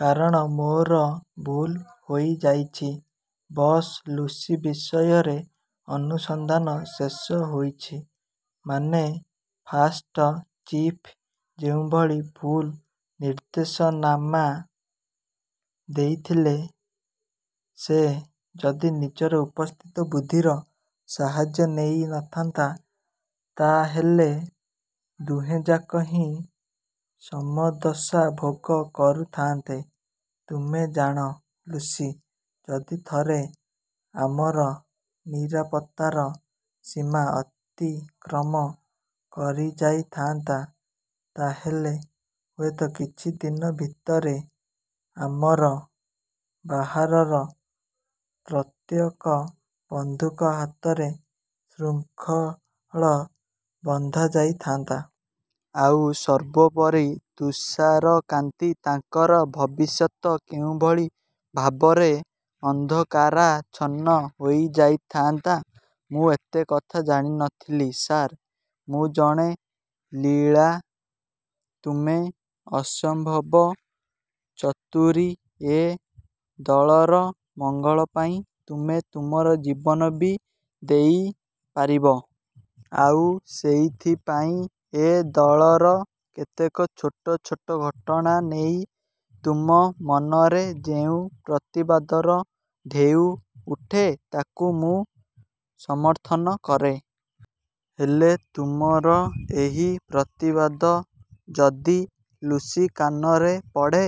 କାରଣ ମୋର ଭୁଲ୍ ହୋଇଯାଇଛି, ବସ୍। ଲୁସି ବିଷୟରେ ଅନୁସନ୍ଧାନ ଶେଷ ହୋଇଛି। ମାନେ, ଫାଷ୍ଟ ଚିଫ୍ ଯେଉଁଭଳି ଭୁଲ୍ ନିର୍ଦ୍ଦେଶନାମା ଦେଇଥିଲେ, ସେ ଯଦି ନିଜର ଉପସ୍ଥିତ ବୁଦ୍ଧିର ସାହାଯ୍ୟ ନେଇ ନଥାନ୍ତା, ତା ହେଲେ ଦୁହେଁଯାକ ହିଁ ସମଦଶା ଭୋଗ କରୁଥାଆନ୍ତେ। ତୁମେ ଜାଣ, ଲୁସି ଯଦି ଥରେ ଆମର ନିରାପତ୍ତାର ସୀମା ଅତିକ୍ରମ କରିଯାଇଥାନ୍ତା, ତା ହେଲେ ହୁଏତ କିଛିଦିନ ଭିତରେ ଆମର ବାହାରର ପ୍ରତ୍ୟେକ ବନ୍ଧୁଙ୍କ ହାତରେ ଶୃଙ୍ଖଳ ବନ୍ଧାଯାଇଥାନ୍ତା। ଆଉ ସର୍ବୋପରି ତୁଷାରକାନ୍ତି, ତାଙ୍କର ଭବିଷ୍ୟତ କେଉଁଭଳି ଭାବରେ ଅନ୍ଧକାରାଚ୍ଛନ୍ନ ହୋଇଯାଇଥାନ୍ତା? ମୁଁ ଏତେ କଥା ଜାଣିନଥିଲି, ସାର୍। ମୁଁ ଜାଣେ ଲୀଳା, ତୁମେ ଅସମ୍ଭବ ଚତୁରୀ। ଏ ଦଳର ମଙ୍ଗଳ ପାଇଁ ତୁମେ ତୁମର ଜୀବନ ବି ଦେଇପାରିବ। ଆଉ ସେଇଥିପାଇଁ ଏ ଦଳର କେତେକ ଛୋଟ ଛୋଟ ଘଟଣା ନେଇ ତୁମ ମନରେ ଯେଉଁ ପ୍ରତିବାଦର ଢେଉ ଉଠେ, ତାକୁ ମୁଁ ସମର୍ଥନ କରେ। ହେଲେ ତୁମର ଏହି ପ୍ରତିବାଦ ଯଦି ଲୁସି କାନରେ ପଡ଼େ।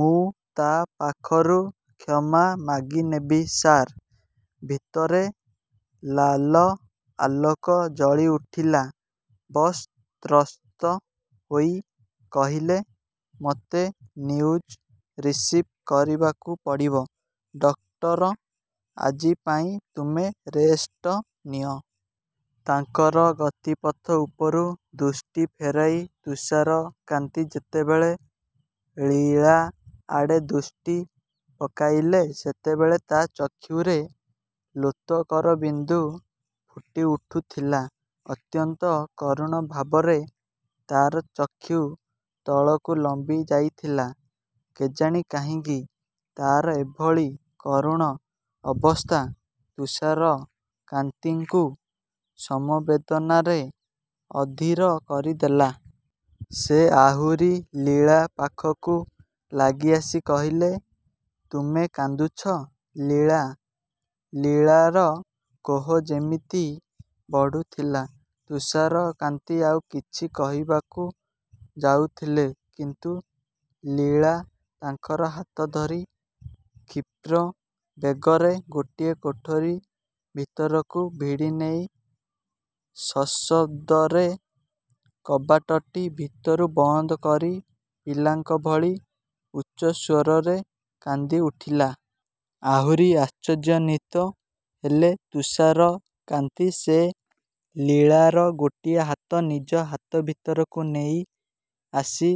ମୁଁ ତା ପାଖରୁ କ୍ଷମା ମାଗିନେବି, ସାର୍। ଭିତରେ ଲାଲ ଆଲୋକ ଜଳିଉଠିଲା। ବସ୍ ତ୍ରସ୍ତ ହୋଇ କହିଲେ, ମୋତେ ନ୍ୟୁଜ୍ ରିସିଭ୍ କରିବାକୁ ପଡ଼ିବ, ଡକ୍ଟର। ଆଜି ପାଇଁ ତୁମେ ରେଷ୍ଟ ନିଅ। ତାଙ୍କର ଗତିପଥ ଉପରୁ ଦୃଷ୍ଟି ଫେରାଇ ତୁଷାରକାନ୍ତି ଯେତେବେଳେ ଲୀଳା ଆଡ଼େ ଦୃଷ୍ଟି ପକାଇଲେ, ସେତେବେଳେ ତା ଚକ୍ଷୁରେ ଲୋତକର ବିନ୍ଦୁ ଫୁଟିଉଠୁଥିଲା। ଅତ୍ୟନ୍ତ କରୁଣ ଭାବରେ ତାର ଚକ୍ଷୁ ତଳକୁ ଲମ୍ବିଯାଇଥିଲା। କେଜାଣି କାହିଁକି ତାର ଏଭଳି କରୁଣ ଅବସ୍ଥା ତୁଷାରକାନ୍ତିଙ୍କୁ ସମବେଦନାରେ ଅଧୀର କରିଦେଲା। ସେ ଆହୁରି ଲୀଳା ପାଖକୁ ଲାଗି ଆସି କହିଲେ, ତୁମେ କାନ୍ଦୁଛ, ଲୀଳା। ଲୀଳାର କୋହ ଯେମିତି ବଢ଼ୁଥିଲା। ତୁଷାରକାନ୍ତି ଆଉ କିଛି କହିବାକୁ ଯାଉଥିଲେ କିନ୍ତୁ ଲୀଳା ତାଙ୍କର ହାତ ଧରି କ୍ଷୀପ୍ର ବେଗରେ ଗୋଟିଏ କୋଠରି ଭିତରକୁ ଭିଡ଼ିନେଇ ସଶବ୍ଦରେ କବାଟଟି ଭିତରୁ ବନ୍ଦ କରି ପିଲାଙ୍କ ଭଳି ଉଚ୍ଚସ୍ୱରରେ କାନ୍ଦିଉଠିଲା। ଆହୁରି ଆଶ୍ଚର୍ଯ୍ୟାନ୍ୱିତ ହେଲେ ତୁଷାରକାନ୍ତି। ସେ ଲୀଳାର ଗୋଟିଏ ହାତ ନିଜ ହାତ ଭିତରକୁ ନେଇ ଆସି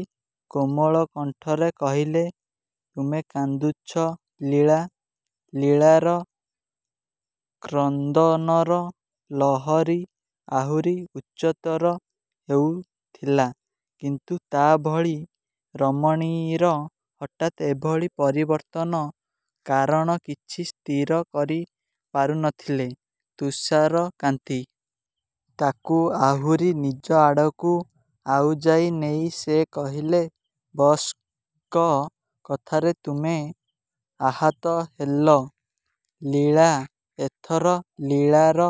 କୋମଳ କଣ୍ଠରେ କହିଲେ, ତୁମେ କାନ୍ଦୁଛ, ଲୀଳା। ଲୀଳାର କ୍ରନ୍ଦନର ଲହରୀ ଆହୁରି ଉଚ୍ଚତର ହେଉଥିଲା କିନ୍ତୁ ତା ଭଳି ରମଣୀର ହଠାତ୍ ଏଭଳି ପରିବର୍ତ୍ତନ କାରଣ କିଛି ସ୍ଥିର କରିପାରୁନଥିଲେ ତୁଷାରକାନ୍ତି। ତାକୁ ଆହୁରି ନିଜ ଆଡ଼କୁ ଆଉଜାଇ ନେଇ ସେ କହିଲେ, ବସ୍‌ଙ୍କ କଥାରେ ତୁମେ ଆହତ ହେଲ ଲୀଳା! ଏଥର ଲୀଳାର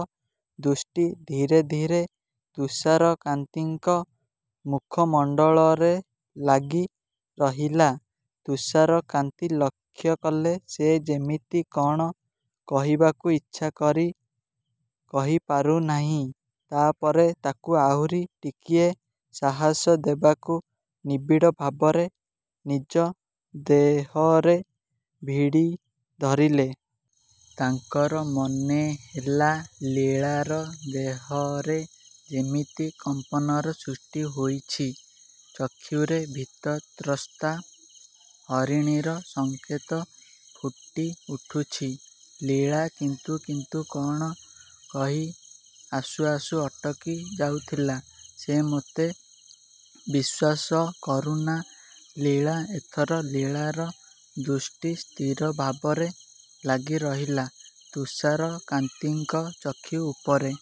ଦୃଷ୍ଟି ଧୀରେ ଧୀରେ ତୁଷାରକାନ୍ତିଙ୍କ ମୁଖମଣ୍ଡଳରେ ଲାଗିରହିଲା। ତୁଷାରକାନ୍ତି ଲକ୍ଷ୍ୟ କଲେ, ସେ ଯେମିତି କଣ କହିବାକୁ ଇଚ୍ଛା କରି କହିପାରୁନାହିଁ। ତା ପରେ ତାକୁ ଆହୁରି ଟିକିଏ ସାହସ ଦେବାକୁ ନିବିଡ଼ ଭାବରେ ନିଜ ଦେହରେ ଭିଡ଼ିଧରିଲେ। ତାଙ୍କର ମନେହେଲା, ଲୀଳାର ଦେହରେ ଯେମିତି କମ୍ପନର ସୃଷ୍ଟି ହୋଇଛି। ଚକ୍ଷୁରେ ଭୀତତ୍ରସ୍ତା ହରିଣୀର ସଂକେତ ଫୁଟିଉଠୁଛି। ଲୀଳା। କିନ୍ତୁ କିନ୍ତୁ କଣ କହି ଆସୁ ଆସୁ ଅଟକି ଯାଉଥିଲା ସେ। ମୋତେ ବିଶ୍ୱାସ କରୁନା ଲୀଳା। ଏଥର ଲୀଳାର ଦୃଷ୍ଟି ସ୍ଥିର ଭାବରେ ଲାଗିରହିଲା ତୁଷାରକାନ୍ତିଙ୍କ ଚକ୍ଷୁ ଉପରେ।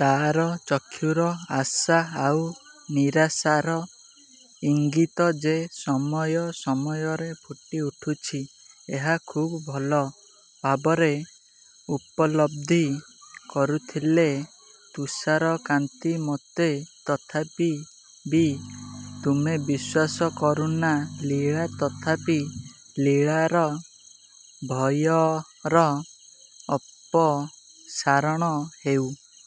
ତାର ଚକ୍ଷୁର ଆଶା ଆଉ ନିରାଶାର ଇଙ୍ଗିତ ଯେ ସମୟ ସମୟରେ ଫୁଟିଉଠୁଛି, ଏହା ଖୁବ୍ ଭଲ ଭାବରେ ଉପଲବ୍ଧି କରୁଥିଲେ ତୁଷାରକାନ୍ତି। ମୋତେ ତଥାପି ବି ତୁମେ ବିଶ୍ୱାସ କରୁନା, ଲୀଳା। ତଥାପି ଲୀଳାର ଭୟର ଅପସାରଣ ହେଉ